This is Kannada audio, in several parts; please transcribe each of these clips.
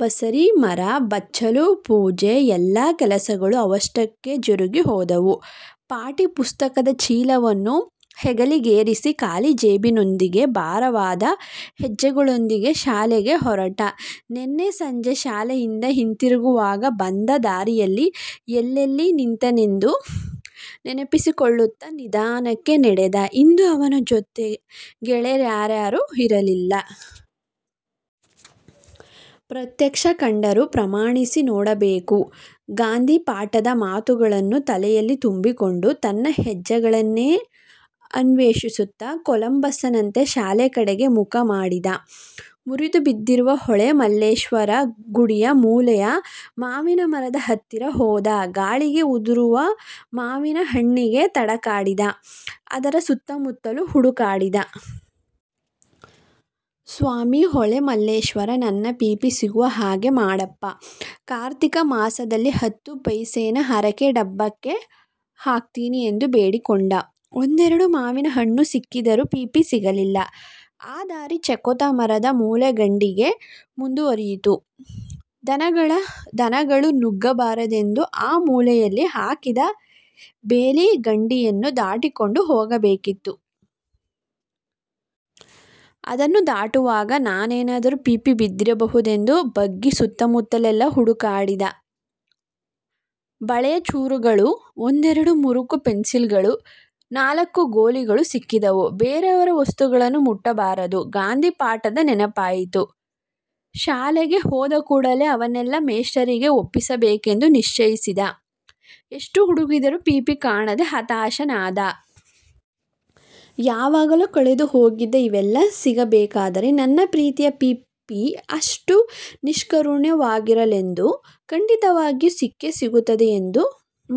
ಬಸರೀ ಮರ, ಬಚ್ಚಲು, ಪೂಜೆ- ಎಲ್ಲಾ ಕೆಲಸಗಳೂ ಅವಷ್ಟಕ್ಕೇ ಜರುಗಿ ಹೋದವು. ಪಾಟಿ ಪುಸ್ತಕದ ಚೀಲವನ್ನು ಹೆಗಲಿಗೇರಿಸಿ, ಖಾಲಿ ಜೇಬಿನೊಂದಿಗೆ ಭಾರವಾದ ಹೆಜ್ಜೆಗಳೊಂದಿಗೆ ಶಾಲೆಗೆ ಹೊರಟ. ನಿನ್ನೆ ಸಂಜೆ ಶಾಲೆಯಿಂದ ಹಿಂತಿರುಗುವಾಗ ಬಂದ ದಾರಿಯಲ್ಲಿ, ಎಲ್ಲೆಲ್ಲಿ ನಿಂತಿದ್ದೆನೆಂದು ನೆನಪಿಸಿಕೊಳ್ಳುತ್ತಾ ನಿಧಾನಕ್ಕೆ ನಡೆದ. ಇಂದು ಅವನ ಜೊತೆ ಗೆಳೆಯರಾರೂ ಇರಲಿಲ್ಲ. ಪ್ರತ್ಯಕ್ಷ ಕಂಡರೂ ಪ್ರಾಮಾಣಿಸಿ ನೋಡಬೇಕು ಗಾಂಧಿ ಪಾಠದ ಮಾತುಗಳನ್ನು ತಲೆಯಲ್ಲಿ ತುಂಬಿಕೊಂಡು ತನ್ನ ಹೆಜ್ಜೆಗಳನ್ನೇ ಅನ್ವೇಷಿಸುತ್ತಾ ಕೊಲಂಬಸ್ಸನಂತೆ ಶಾಲೆಯ ಕಡೆಗೆ ಮುಖ ಮಾಡಿದ್ದ. ಮುರಿದು ಬಿದ್ದಿರುವ ಹೊಳೆಮಲ್ಲೇಶ್ವರ ಗುಡಿಯ ಮೂಲೆಯ ಮಾವಿನ ಮರದ ಹತ್ತಿರ ಹೋದ. ಗಾಳಿಗೆ ಉದುರುವ ಮಾವಿನ ಹಣ್ಣಿಗೆ ತಡಕಾಡಿದ್ದ. ಅದರ ಸುತ್ತಮುತ್ತಲೂ ಹುಡುಕಾಡಿದ. ಸ್ವಾಮಿ, ಹೊಳೆಮಲ್ಲೇಶ್ವರ ನನ್ನ ಪೀಪಿ ಸಿಗುವ ಹಾಗೆ ಮಾಡಪ್ಪಾ. ಕಾರ್ತೀಕ ಮಾಸದಲ್ಲಿ ಹತ್ತು ಪೈಸೇನ ಹರಕೆ ಡಬ್ಬಕ್ಕೆ ಹಾಕ್ತೀನಿ ಎಂದು ಬೇಡಿಕೊಂಡ. ಒಂದೆರಡು ಮಾವಿನ ಹಣ್ಣು ಸಿಕ್ಕಿದರೂ ಪೀಪಿ ಸಿಗಲಿಲ್ಲ. ಆ ದಾರಿ ಚಕ್ಕೋತ ಮರದ ಮೂಲೆಗಂಡಿಗೆ ಮುಂದುವರೆಯಿತು. ದನಗಳು ನುಗ್ಗಬಾರದೆಂದು ಆ ಮೂಲೆಯಲ್ಲಿ ಹಾಕಿದ್ದ ಬೇಲಿ ಗಂಡಿಯನ್ನು ದಾಟಿಕೊಂಡು ಹೋಗಬೇಕಿತ್ತು. ಅದನ್ನು ದಾಟುವಾಗ ಏನಾದರೂ ಪೀಪಿ ಬಿದ್ದಿರಬಹುದೆಂದು ಬಗ್ಗಿ ಸುತ್ತಮುತ್ತಲೆಲ್ಲಾ ಹುಡುಕಾಡಿದ. ಬಳೆಯ ಚೂರುಗಳು, ಒಂದೆರಡು ಮುರುಕು ಪೆನ್ಸಿಲ್ಲುಗಳು, ನಾಲ್ಕು ಗೋಲಿಗಳು ಸಿಕ್ಕಿದವು. ಬೇರೆಯವರ ವಸ್ತುಗಳನ್ನು ಮುಟ್ಟಬಾರದು ಗಾಂಧಿ ಪಾಠದ ನೆನಪಾಯಿತು. ಶಾಲೆಗೆ ಹೋದಕೂಡಲೇ ಅವನ್ನೆಲ್ಲಾ ಮೇಷ್ಟ್ರಿಗೆ ಒಪ್ಪಿಸಬೇಕೆಂದು ನಿಶ್ಚಯಿಸಿದ. ಎಷ್ಟು ಹುಡುಕಿದರೂ ಪೀಪಿ ಕಾಣದೆ ಹತಾಶನಾದ. ಯಾವಾಗಲೋ ಕಳೆದುಹೋಗಿದ್ದ ಇವೆಲ್ಲಾ ಸಿಗಬೇಕಾದರೆ, ನನ್ನ ಪ್ರೀತಿಯ ಪೀಪಿ ಅಷ್ಟು ನಿಷ್ಕರುಣವಾಗಿರಲಾರದೆಂದು, ಖಂಡಿತವಾಗಿಯೂ ಸಿಕ್ಕೇ ಸಿಗುವುದೆಂದು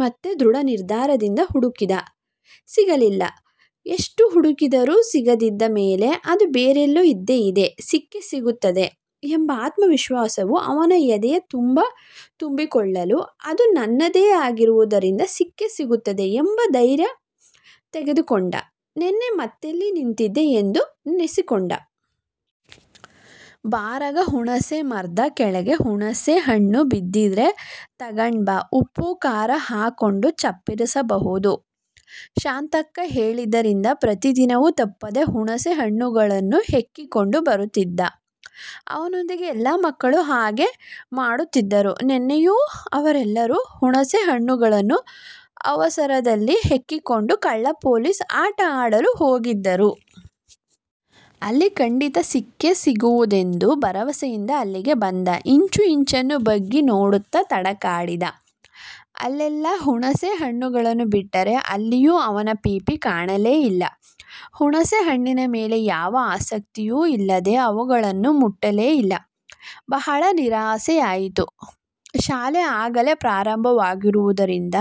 ಮತ್ತೆ ದೃಢ ನಿರ್ಧಾರದಿಂದ ಹುಡುಕಿದ, ಸಿಗಲಿಲ್ಲ. ಇಷ್ಟು ಹುಡುಕಿದರೂ ಸಿಗದಿದ್ದ ಮೇಲೆ ಅದು ಬೇರೆಲ್ಲಿಯೋ ಇದ್ದೇ ಇದೆ, ಸಿಕ್ಕೇ ಸಿಗುತ್ತದೆ ಎಂಬ ಆತ್ಮವಿಶ್ವಾಸವು ಅವನ ಎದೆಯ ತುಂಬ ತುಂಬಿಕೊಳ್ಳಲು ಅದು ನನ್ನದೇ ಆಗಿರುವುದರಿಂದ ಸಿಕ್ಕೇ ಸಿಗುತ್ತದೆ ಎಂದು ಧೈರ್ಯ ತಂದುಕೊಂಡು, ನಿನ್ನೆ ಮತ್ತೆಲ್ಲಿ ನಿಂತಿದ್ದೆ ಎಂದು ನೆನಸಿಕೊಂಡ. 'ಬರಾಗ ಹುಣಸೇ ಮರ್ದ ಕೆಳ್ಗೆ ಹುಣಸೇ ಹಣ್ಣು ಬಿದ್ದಿದ್ರೆ ತಗಂಬಾ ಉಪ್ಪು ಖಾರ ಹಾಕ್ಕೊಂಡು ಚಪ್ಪರಿಸಬೌದು' ಶಾಂತಕ್ಕ ಹೇಳಿದ್ದರಿಂದ ಪ್ರತಿದಿನವೂ ತಪ್ಪದೆ ಹುಣಸೆ ಹಣ್ಣುಗಳನ್ನು ಹೆಕ್ಕಿಕೊಂಡು ಬರುತ್ತಿದ್ದ. ಅವನೊಂದಿಗಿನ ಎಲ್ಲಾ ಮಕ್ಕಳೂ ಹಾಗೆ ಮಾಡುತ್ತಿದ್ದರು. ನಿನ್ನೆಯೂ ಅವರೆಲ್ಲರೂ ಹುಣಸೆ ಹಣ್ಣುಗಳನ್ನು ಅವಸರದಲ್ಲಿ ಹೆಕ್ಕಿಕೊಂಡು, ಕಳ್ಳ ಪೊಲೀಸ್ ಆಟ ಆಡಲು ಹೋಗಿದ್ದರು. ಅಲ್ಲಿ ಖಂಡಿತ ಸಿಕ್ಕೇ ಸಿಗುವುದೆಂದು ಭರವಸೆಯಿಂದ ಅಲ್ಲಿಗೆ ಬಂದ. ಇಂಚು ಇಂಚನ್ನೂ ಬಗ್ಗಿ ನೋಡುತ್ತಾ ತಡಕಾಡಿದ. ಅಲ್ಲೆಲ್ಲಾ ಹುಣಸೇ ಹಣ್ಣುಗಳನ್ನು ಬಿಟ್ಟರೆ ಎಲ್ಲಿಯೂ ಅವನ ಪೀಪಿ ಕಾಣಲೇ ಇಲ್ಲ. ಹುಣಸೇ ಹಣ್ಣಿನ ಮೇಲೆ ಯಾವ ಆಸಕ್ತಿಯೂ ಇಲ್ಲದೆ ಅವುಗಳನ್ನು ಮುಟ್ಟಲೂ ಇಲ್ಲ. ಬಹಳ ನಿರಾಶೆಯಾಯಿತು. ಶಾಲೆ ಆಗಲೇ ಪ್ರಾರಂಭವಾಗಿರುವುದರಿಂದ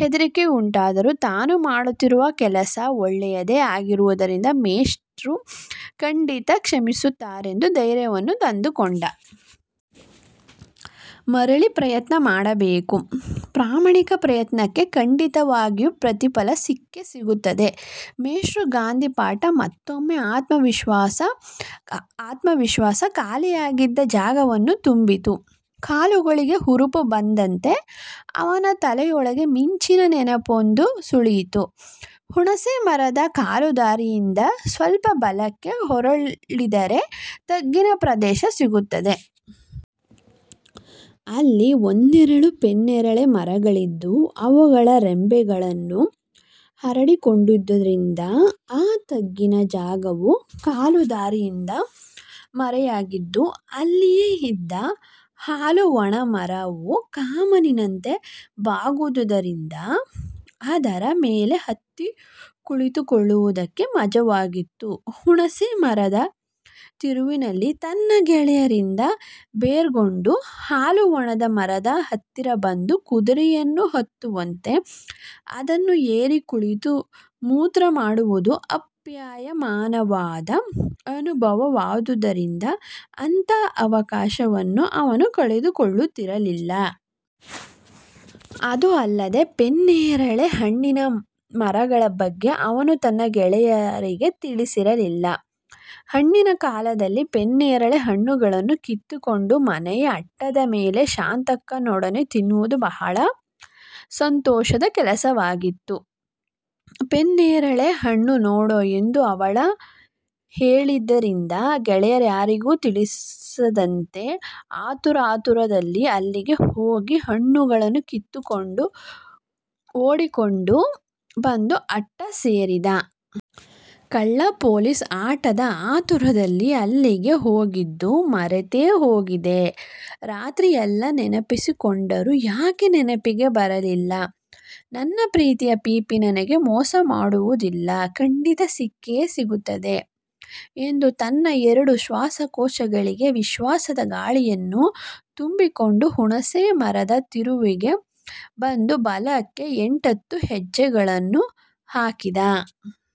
ಹೆದರಿಕೆಯುಂಟಾದರೂ ತಾನು ಮಾಡುತ್ತಿರುವ ಕೆಲಸ ಒಳ್ಳೆಯದೇ ಆಗಿರುವುದರಿಂದ ಮೇಷ್ಟ್ರು ಖಂಡಿತಾ ಕ್ಷಮಿಸುತ್ತಾರೆಂದು ಧೈರ್ಯವನ್ನು ತಂದುಕೊಂಡ. ಮರಳಿ ಪ್ರಯತ್ನವ ಮಾಡಬೇಕು, ಪ್ರಾಮಾಣಿಕ ಪ್ರಯತ್ನಕ್ಕೆ ಖಂಡಿತವಾಗಿಯೂ ಪ್ರತಿಫಲ ಸಿಕ್ಕೇ ಸಿಗುತ್ತದೆ ಮೇಷ್ಟ್ರ ಗಾಂಧಿ ಪಾಠ ಮತ್ತೊಮ್ಮೆ ಆತ್ಮವಿಶ್ವಾಸ ಖಾಲಿಯಾಗಿದ್ದ ಜಾಗವನ್ನು ತುಂಬಿತು. ಕಾಲುಗಳಿಗೆ ಹುರುಪು ಬಂದಂತೆ, ಅವನ ತಲೆಯೊಳಗೆ ಮಿಂಚಿನ ನೆನಪೊಂದು ಸುಳಿಯಿತು! ಹುಣಸೇ ಮರದ ಕಾಲುದಾರಿಯಿಂದ ಸ್ವಲ್ಪ ಬಲಕ್ಕೆ ಹೊರಳಿದರೆ ತಗ್ಗಿನ ಪ್ರದೇಶ ಸಿಗುತ್ತದೆ. ಅಲ್ಲಿ ಒಂದೆರಡು ಪನ್ನೇರಳೆ ಮರಗಳಿದ್ದು, ಅವುಗಳ ರೆಂಬೆಗಳು ಹರಡಿಕೊಂಡಿದ್ದರಿಂದ, ಆ ತಗ್ಗಿನ ಜಾಗವು ಕಾಲುದಾರಿಯಿಂದ ಮರೆಯಾಗಿತ್ತು. ಅಲ್ಲಿಯೇ ಇದ್ದ ಹಾಲುವಾಣ ಮರವು ಕಮಾನಿನಂತೆ ಬಾಗಿದ್ದುದರಿಂದ ಅದರ ಮೇಲೆ ಹತ್ತಿ ಕುಳಿತುಕೊಳ್ಳುವುದಕ್ಕೆ ಮಜವಾಗಿತ್ತು. ಹುಣಸೇ ಮರದ ತಿರುವಿನಲ್ಲಿ ತನ್ನ ಗೆಳೆಯರಿಂದ ಬೇರ್ಗೊಂಡು, ಹಾಲುವಾಣದ ಮರದ ಹತ್ತಿರ ಬಂದು, ಕುದುರೆಯನ್ನು ಹತ್ತುವಂತೆ ಅದನ್ನು ಏರಿ ಕುಳಿತು ಮೂತ್ರ ಮಾಡುವುದು ಅಪ್ಯಾಯಮಾನವಾದ ಅನುಭವವಾದುದರಿಂದ ಅಂಥ ಅವಕಾಶವನ್ನು ಇವನು ಕಳೆದುಕೊಳ್ಳುತ್ತಿರಲಿಲ್ಲ. ಅದೂ ಅಲ್ಲದೆ, ಪನ್ನೇರಳೆ ಹಣ್ಣಿನ ಮರಗಳ ಬಗ್ಗೆ ಇವನು ತನ್ನ ಗೆಳೆಯರಿಗೆ ತಿಳಿಸಿರಲಿಲ್ಲ. ಹಣ್ಣಿನ ಕಾಲದಲ್ಲಿ ಪನ್ನೇರಳೆ ಹಣ್ಣುಗಳನ್ನು ಕಿತ್ತುಕೊಂಡು ಮನೆಯ ಅಟ್ಟದ ಮೇಲೆ ಶಾಂತಕ್ಕನೊಡನೆ ತಿನ್ನುವುದು ಬಹಳ ಸಂತೋಷದ ಕೆಲಸವಾಗಿತ್ತು. 'ಪನ್ನೇರಳೆ ಹಣ್ಣು ನೋಡೋ' ಎಂದು ಅವಳು ಹೇಳಿದ್ದರಿಂದ ಗೆಳೆಯರಾರಿಗೂ ತಿಳಿಸದಂತೆ ಆತುರಾತುರದಲ್ಲಿ ಅಲ್ಲಿಗೆ ಹೋಗಿ, ಹಣ್ಣುಗಳನ್ನು ಕಿತ್ತುಕೊಂಡು ಓಡಿಕೊಂಡು ಬಂದು ಅಟ್ಟ ಸೇರಿದ್ದ. ಕಳ್ಳ ಪೊಲೀಸ್ ಆಟದ ಆತುರದಲ್ಲಿ ಇಲ್ಲಿಗೆ ಹೋಗಿದ್ದು ಮರೆತೇ ಹೋಗಿತ್ತೇ ರಾತ್ರಿ ಎಲ್ಲ ನೆನಪಿಸಿಕೊಂಡರೂ ಯಾಕೆ ನೆನಪಿಗೆ ಬರಲಿಲ್ಲ ನನ್ನ ಪ್ರೀತಿಯ ಪೀಪಿ ನನಗೆ ಮೋಸ ಮಾಡುವುದಿಲ್ಲ. ಖಂಡಿತಾ ಸಿಕ್ಕಿಯೇ ಸಿಗುತ್ತದೆ ಎಂದು, ತನ್ನ ಎರಡೂ ಶ್ವಾಸಕೋಶಗಳಿಗೆ ವಿಶ್ವಾಸದ ಗಾಳಿಯನ್ನು ತುಂಬಿಕೊಂಡು ಹುಣಸೇ ಮರದ ತಿರುವಿಗೆ ಬಂದು, ಬಲಕ್ಕೆ ಎಂಟ್ಹತ್ತು ಹೆಜ್ಜೆಗಳನ್ನು ಹಾಕಿದ.